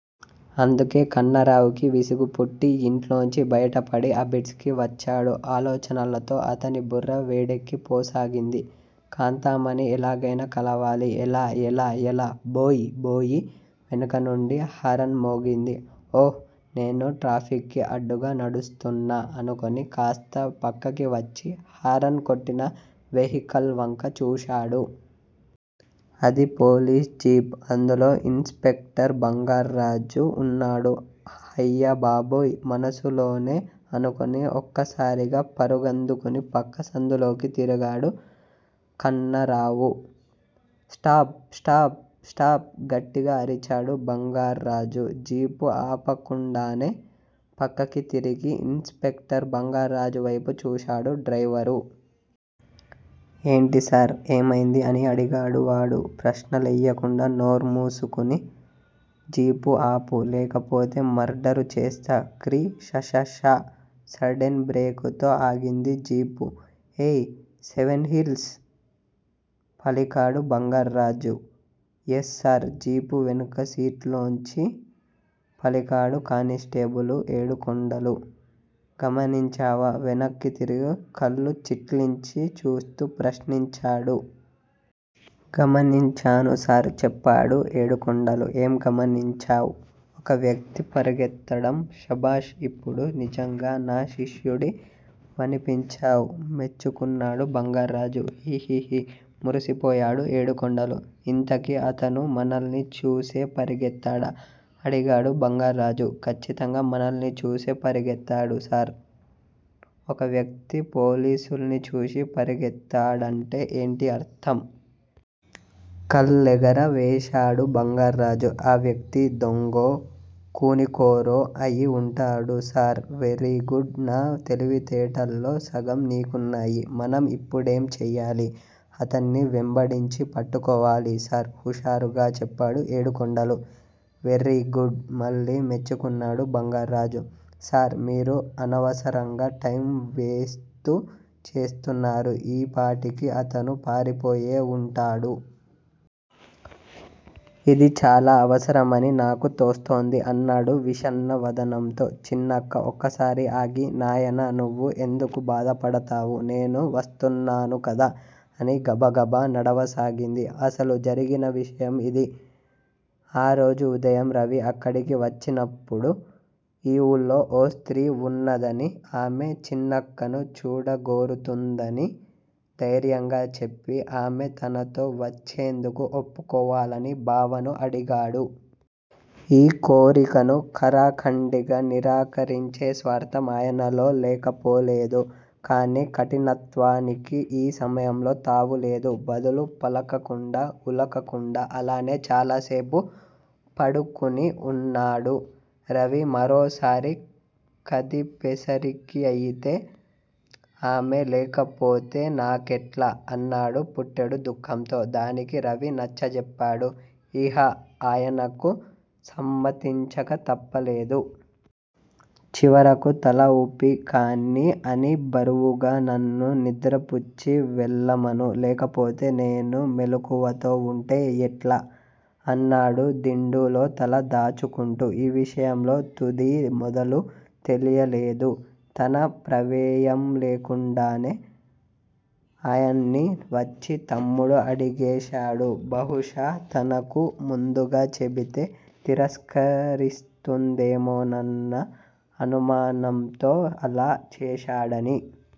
అందుకే కన్నరావుకి విసుగు పుట్టి యింట్లోంచి బయటపడి అబిడ్స్ కి వచ్చాడు. ఆలోచనలతో అతని బుర్ర వేడెక్కి పోసాగింది. కాంతామణి ఎలాగ్తెనా కలవాలి! ఎలా? ఎలా? ఎలా! బోయ్ బోయి వెనక నుండి హరన్ మోగింది. ఓహ్ నేను ట్రాఫిక్ కి అడ్డుగా నడుస్తున్నా అనుకుని కాస్త పక్కకి వచ్చి హరన్ కొట్టిన వెహికల్ వంక చూశాడు. అది పోలిస్ జిప్. అందులో ఇన్ స్పెక్టర్ బంగార్రాజు ఉన్నాడు. హయ్యబాబోయ్ మనసులోనే అనుకొని ఒక్కసారిగా పరుగందుకొని పక్క సందులోకి తిరిగాడు కన్నారావు. స్టాప్- స్టాప్ స్టాప్ గట్టిగా అరిచాడు బంగార్రాజు. జీపు ఆపకుండానే పక్కకి తిరిగి ఇన్స్ స్పెక్టర్ బంగార్ర్రాజు వ్తెపు చూశాడు డ్రైవరు. ఎంటిసార్? ఏమ్తెంది?? అని అడిగాడు వాడు. ప్రశ్నలేయ్యకుండా నోర్ముసుకొని జీపు ఆపు. లేకపోతే మర్డరు చేస్తా క్రి షషష సడెన్ బ్రేకుతో ఆగింది జీపు. ఏయ్ సెవెన్ హిల్స్! పలికాడు బంగార్రాజు. యస్ సార్ జీపు వెనక సీట్లోంచి పలికాడు కానిస్టేబులు ఏడుకొండలు. గమనించావా? వెనక్కి తిరిగి కళ్ళుచిట్లించి చూస్తూ ప్రశ్నించాడు. గమనించాను సార్ చెప్పాడు ఏడుకొండలు. ఏం గమనించావ్? ఒక వ్యక్తి పరిగెత్తడం శభాష్ ఇప్పుడు నిజంగా నా శిష్యుడి వనిపించావ్ మెచ్చుకున్నాడు బంగార్రాజు. హిహిహి మురిసిపోయాడు ఏడుకొండలు. ఇంతకి అతను మనల్ని చూసే పరిగెత్తడా? అడిగాడు బంగార్రాజు. కచ్చితంగా మనల్ని చూసే పరిగెత్తాడు సార్ ఒక వ్యక్తి పోలిసుల్ని చూసి పరిగేత్తాడంటే ఏంటి అర్ధం? కళ్ళేగర వేశాడు బంగార్రాజు. ఆ వ్యక్తి దొంగో, ఖూనికోరో అయి ఉంటాడు సార్ వెర్రి గుడ్ నా తెలివితేటల్లో సగం నికున్నాయి, మనం ఇప్పడేం చెయ్యాలి! అతన్ని వెంబడించి పట్టుకోవాలి సార్ హుషారుగా చెప్పాడు ఏడుకొండలు. వెర్రి గుడ్ మళ్ళి మెచ్చుకున్నాడు బంగార్రాజు. సార్! మీరు అనవసరంగా టైమ్ వేస్తూ చేస్తున్నారు, ఈపాటికి అతను పారిపోయే ఉంటాడు. ఇది చాలా అవసరమని నాకు తోస్తోంది అన్నాడు విషణ్ణ వదనంతో. చిన్నక్క ఒక్కసారి ఆగి నాయనా! నువ్వు ఎందుకు బాధపడతావు? నేను వస్తున్నాను కదా! అని గబగబా నడవసాగింది. అసలు జరిగిన విషయం ఇది. ఆరోజు ఉదయం రవి అక్కడికి వచ్చినప్పుడు ఈ ఊళ్ళో ఓ స్త్రీ వున్నదనీ, ఆమె చిన్నక్కను చూడగోరుతుందనీ ధైర్యంగా చెప్పి, ఆమె తనతో వచ్చేందుకు ఒప్పుకోవాలని బావను అడిగాడు. ఈ కోరికను ఖరాఖండిగా నిరాకరించే స్వార్ధం ఆయనలో లేకపోలేదు. కానీ కఠినత్వానికి ఈ సమయంలో తావులేదు. బదులు పలకకుండా, ఉలకకుండా అలానే చాలాసేపు పడుకొని వున్నాడు. రవి మరోసారి కదిపేసరికిఅయితే, ఆమె లేకపోతే నాకెట్లా? అన్నాడు పుట్టెడు దుఃఖంతో. దానికి రవి నచ్చజెప్పాడు. ఇహ ఆయనకు సమ్మతించక తప్పలేదు. చివరకు తల ఊపి కానీ అని బరువుగా నన్ను నిద్రపుచ్చి వెళ్ళమను. లేకపోతే నేను మెలకువతో వుంటే ఎట్లా? అన్నాడు దిండులో తల దాచుకుంటూ. ఈ విషయంలో తుదీ మొదలూ తెలియలేదు. తన ప్రమేయంలేకుండానే ఆయన్ని వచ్చి తమ్ముడు అడిగేశాడు. బహుశా తనకు ముందుగా చెబితే తిరస్కరిస్తుందేమోనన్న అనుమానంతో అలా చేశాడని